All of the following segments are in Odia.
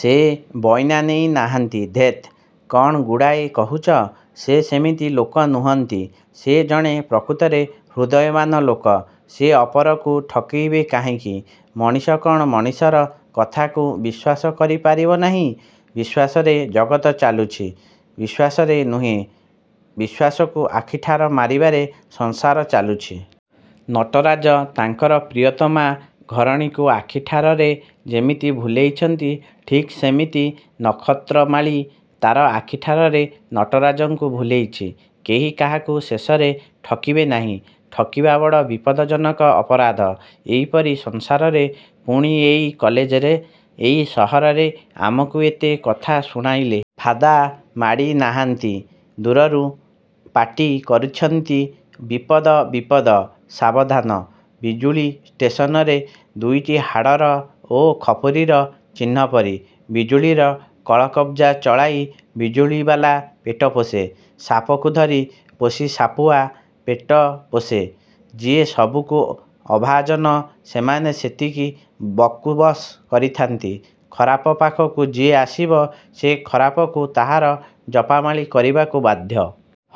ସେ ବଇନା ନେଇ ନାହାନ୍ତି? -ଧେତ୍, କଣ ଗୁଡ଼ାଏ କହୁଛ? ସେ ସେମିତି ଲୋକ ନୁହନ୍ତି। ସେ ଜଣେ ପ୍ରକୃତରେ ହୃଦୟବାନ୍ ଲୋକ। ସେ ଅପରକୁ ଠକେଇବେ କାହିଁକି? ମଣିଷ କ'ଣ ମଣିଷର କଥାକୁ ବିଶ୍ୱାସ କରି ପାରିବ ନାହିଁ? ବିଶ୍ୱାସରେ ଜଗତ ଚାଲୁଛି। -ବିଶ୍ୱାସରେ ନୁହେଁ ବିଶ୍ୱାସକୁ ଆଖିଠାର ମାରିବାରେ ସଂସାର ଚାଲୁଛି। ନଟରାଜ ତାଙ୍କର ପ୍ରିୟତମା ଘରଣୀକୁ ଆଖିଠାରରେ ଯେମିତି ଭୁଲେଇଛନ୍ତି ଠିକ୍ ସେମିତି ନକ୍ଷତ୍ରମାଳୀ ତା'ର ଆଖିଠାରରେ ନଟରାଜଙ୍କୁ ଭୁଲେଇଛି। କେହି କାହାକୁ ଶେଷରେ ଠକିବେ ନାହିଁ। ଠକିବା ବଡ଼ ବିପଦଜନକ ଅପରାଧ। -ଏଇପରି ସଂସାରରେ ପୁଣି ଏଇ କଲେଜରେ, ଏଇ ସହରରେ ଆମକୁ ଏତେ କଥା ଶୁଣାଇଲେ? -ଫାଦା ମାଡ଼ି ନାହାଁନ୍ତି। ଦୂରରୁ ପାଟି କରିଛନ୍ତି-ବିପଦ-ବିପଦ-ସାବଧାନ। ବିଜୁଳି ଷ୍ଟେସନରେ ଦୁଇଟି ହାଡ଼ର ଓ ଖପୁରୀର ଚିହ୍ନପରି। ବିଜୁଳିର କଳକବ୍ଜା ଚଳାଇ ବିଜୁଳିବାଲା ପେଟ ପୋଷେ। ସାପକୁ ଧରି ପୋଷି ସାପୁଆ ପେଟ ପୋଷେ। ଯିଏ ସବୁକୁ ଅଭାଜନ, ସେମାନେ ସେତିକି ବକୁବସ୍ କରିଥାନ୍ତି। ଖରାପ ପାଖକୁ ଯିଏ ଆସିବ-ସେ ଖରାପକୁ ତାହାର ଜପାମାଳୀ କରିବାକୁ ବାଧ୍ୟ।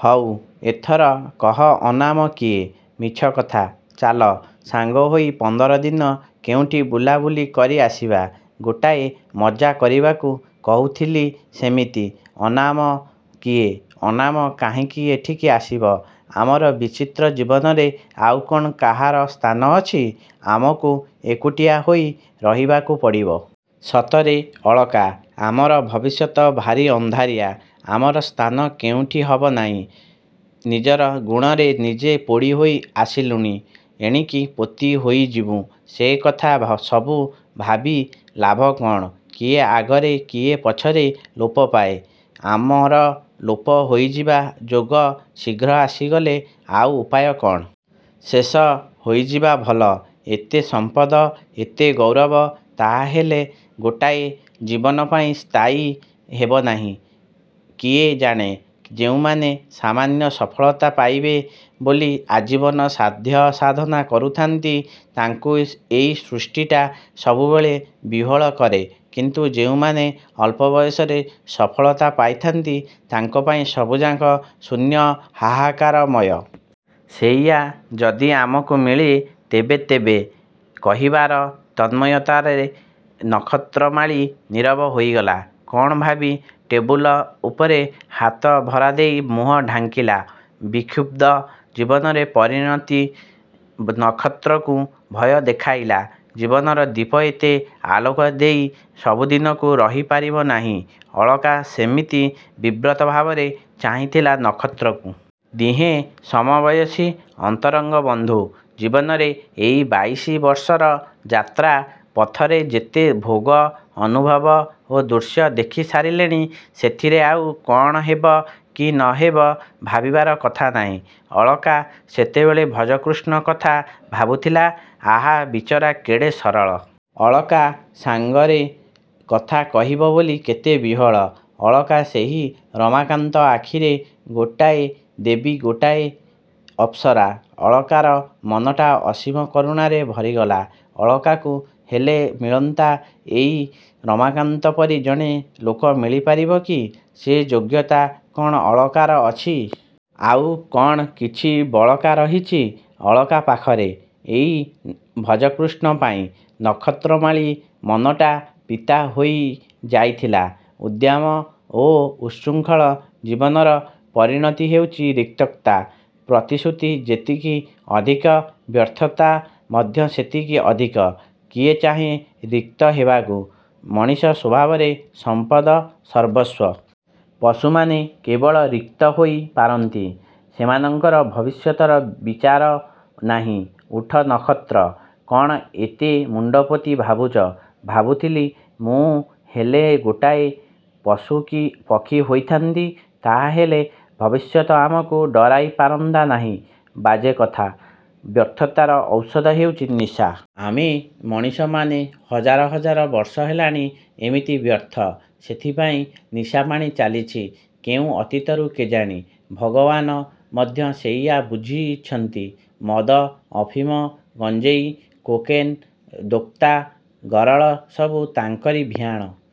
-ହଉ, ଏଥର କହ ଅନାମ କିଏ? -ମିଛକଥା। ଚାଲ ସାଙ୍ଗହୋଇ ପନ୍ଦରଦିନ କେଉଁଠି ବୁଲାବୁଲି କରି ଆସିବା। ଗୋଟାଏ ମଜ୍ଜା କରିବାକୁ କହୁଥିଲି ସେମିତି, ଅନାମ କିଏ? -ଅନାମ କାହିଁକି ଏଠିକି ଆସିବ? ଆମର ବିଚିତ୍ର ଜୀବନରେ ଆଉ କ'ଣ କାହାର ସ୍ଥାନ ଅଛି? ଆମକୁ ଏକୁଟିଆ ହୋଇ ରହିବାକୁ ପଡ଼ିବ। -ସତରେ ଅଳକା। ଆମର ଭବିଷ୍ୟତ ଭାରି ଅନ୍ଧାରିଆ। ଆମର ସ୍ଥାନ କେଉଁଠି ହବ ନାହିଁ। ନିଜର ଗୁଣରେ ନିଜେ ପୋଡ଼ି ହୋଇ ଆସିଲୁଣି। ଏଣିକି ପୋତି ହୋଇଯିବୁ। -ସେ କଥା ସବୁ ଭାବି ଲାଭ କ'ଣ? କିଏ ଆଗରେ କିଏ ପଛରେ ଲୋପ ପାଏ। ଆମର ଲୋପ ହୋଇଯିବା ଯୋଗ ଶୀଘ୍ର ଆସିଗଲେ ଆଉ ଉପାୟ କ'ଣ? ଶେଷ ହୋଇଯିବା ଭଲ। -ଏତେ ସମ୍ପଦ, ଏତେ ଗୌରବ ତାହାହେଲେ ଗୋଟାଏ ଜୀବନ ପାଇଁ ସ୍ଥାୟୀ ହେବ ନାହିଁ? -କିଏ ଜାଣେ? ଯେଉଁମାନେ ସାମାନ୍ୟ ସଫଳତା ପାଇବେ ବୋଲି ଆଜୀବନ ସାଧ୍ୟ ସାଧନା କରୁଥାନ୍ତି ତାଙ୍କୁ ଏଇ ସୃଷ୍ଟିଟା ସବୁବେଳେ ବିହ୍ୱଳ କରେ। କିନ୍ତୁ ଯେଉଁମାନେ ଅଳ୍ପ ବୟସରେ ସଫଳତା ପାଇଥାନ୍ତି ତାଙ୍କ ପାଇଁ ସବୁଯାକ ଶୂନ୍ୟ-ହାହାକାରମୟ। ସେଇଆ ଯଦି ଆମକୁ ମିଳେ, ତେବେ-ତେବେ କହିବାର ତନ୍ମୟତାରେ ନକ୍ଷତ୍ରମାଳୀ ନୀରବ ହୋଇଗଲା। କ'ଣ ଭାବି ଟେବୁଲ ଉପରେ ହାତ ଭରାଦେଇ ମୁହଁ ଢାଙ୍କିଲା। ବିକ୍ଷୁବ୍ଧ ଜୀବନରେ ପରିଣତି ନକ୍ଷତ୍ରକୁ ଭୟ ଦେଖାଇଲା। ଜୀବନର ଦୀପ ଏତେ ଆଲୋକ ଦେଇ ସବୁଦିନକୁ ରହିପାରିବ ନାହିଁ। ଅଳକା ସେମିତି ବିବ୍ରତ ଭାବରେ ଚାହିଁଥିଲା ନକ୍ଷତ୍ରକୁ। ଦିହେଁ ସମବୟସୀ-ଅନ୍ତରଙ୍ଗ ବନ୍ଧୁ। ଜୀବନରେ ଏହି ବାଇଶି ବର୍ଷର ଯାତ୍ରା ପଥରେ ଯେତେ ଭୋଗ, ଅନୁଭବ ଓ ଦୃଶ୍ୟ ଦେଖିସାରିଲେଣି ସେଥିରେ ଆଉ କ'ଣ ହେବ କି ନ ହେବ ଭାବିବାର କଥା ନାହିଁ। ଅଳକା ସେତେବେଳେ ଭଜକୃଷ୍ଣ କଥା ଭାବୁଥିଲା-ଆହା, ବିଚରା କେଡ଼େ ସରଳ? ଅଳକା ସାଙ୍ଗରେ କଥା କହିବ ବୋଲି କେତେ ବିହ୍ୱଳ? ଅଳକା ସେହି ରମାକାନ୍ତ ଆଖିରେ ଗୋଟାଏ ଦେବୀ-ଗୋଟାଏ ଅପ୍ସରା। ଅଳକାର ମନଟା ଅସୀମ କରୁଣାରେ ଭରିଗଲା। ଅଳକାକୁ ହେଲେ ମିଳନ୍ତା ଏଇ ରମାକାନ୍ତ ପରି ଜଣେ ଲୋକ ମିଳିପାରିବ କି? ସେ ଯୋଗ୍ୟତା କ'ଣ ଅଳକାର ଅଛି? -ଆଉ କ'ଣ କିଛି ବଳକା ରହିଛି ଅଳକା ପାଖରେ? -ଏଇ ଭଜକୃଷ୍ଣ ପାଇଁ? ନକ୍ଷତ୍ରମାଳୀ ମନଟା ପିତା ହୋଇ ଯାଇଥିଲା। ଉଦ୍ଦାମ ଓ ଉତ୍ସୃଙ୍ଖଳ ଜୀବନର ପରିଣତି ହେଉଛି ରିକ୍ତତା। ପ୍ରତିଶ୍ରୁତି ଯେତିକି ଅଧିକ-ବ୍ୟର୍ଥତା ମଧ୍ୟ ସେତିକି ଅଧିକ। କିଏ ଚାହେଁ ରିକ୍ତ ହେବାକୁ? ମଣିଷ ସ୍ୱଭାବରେ ସମ୍ପଦ-ସର୍ବସ୍ୱ। ପଶୁମାନେ କେବଳ ରିକ୍ତ ହୋଇ ପାରନ୍ତି। ସେମାନଙ୍କର ଭବିଷ୍ୟତର ବିଚାର ନାହିଁ। -ଉଠ, ନକ୍ଷତ୍ର। କ'ଣ ଏତେ ମୁଣ୍ଡପୋତି ଭାବୁଛ? -ଭାବୁଥିଲି ମୁଁ ହେଲେ ଗୋଟାଏ ପଶୁ କି ପକ୍ଷୀ ହୋଇଥା'ନ୍ତି। ତାହାହେଲେ ଭବିଷ୍ୟତ ଆମକୁ ଡରାଇ ପାରନ୍ତା ନାହିଁ। -ବାଜେ କଥା। ବ୍ୟର୍ଥତାର ଔଷଧ ହେଉଛି ନିଶା। ଆମେ ମଣିଷମାନେ ହଜାର ହଜାର ବର୍ଷ ହେଲାଣି ଏମିତି ବ୍ୟର୍ଥ। ସେଥିପାଇଁ ନିଶାପାଣି ଚାଲିଛି କେଉଁ ଅତୀତରୁ କେଜାଣି। ଭଗବାନ ମଧ୍ୟ ସେଇଆ ବୁଝିଛନ୍ତି। ମଦ, ଅଫିମ, ଗଞ୍ଜେଇ, କୋକେନ୍, ଦୋକ୍ତା, ଗରଳ-ସବୁ ତାଙ୍କରି ଭିଆଣ।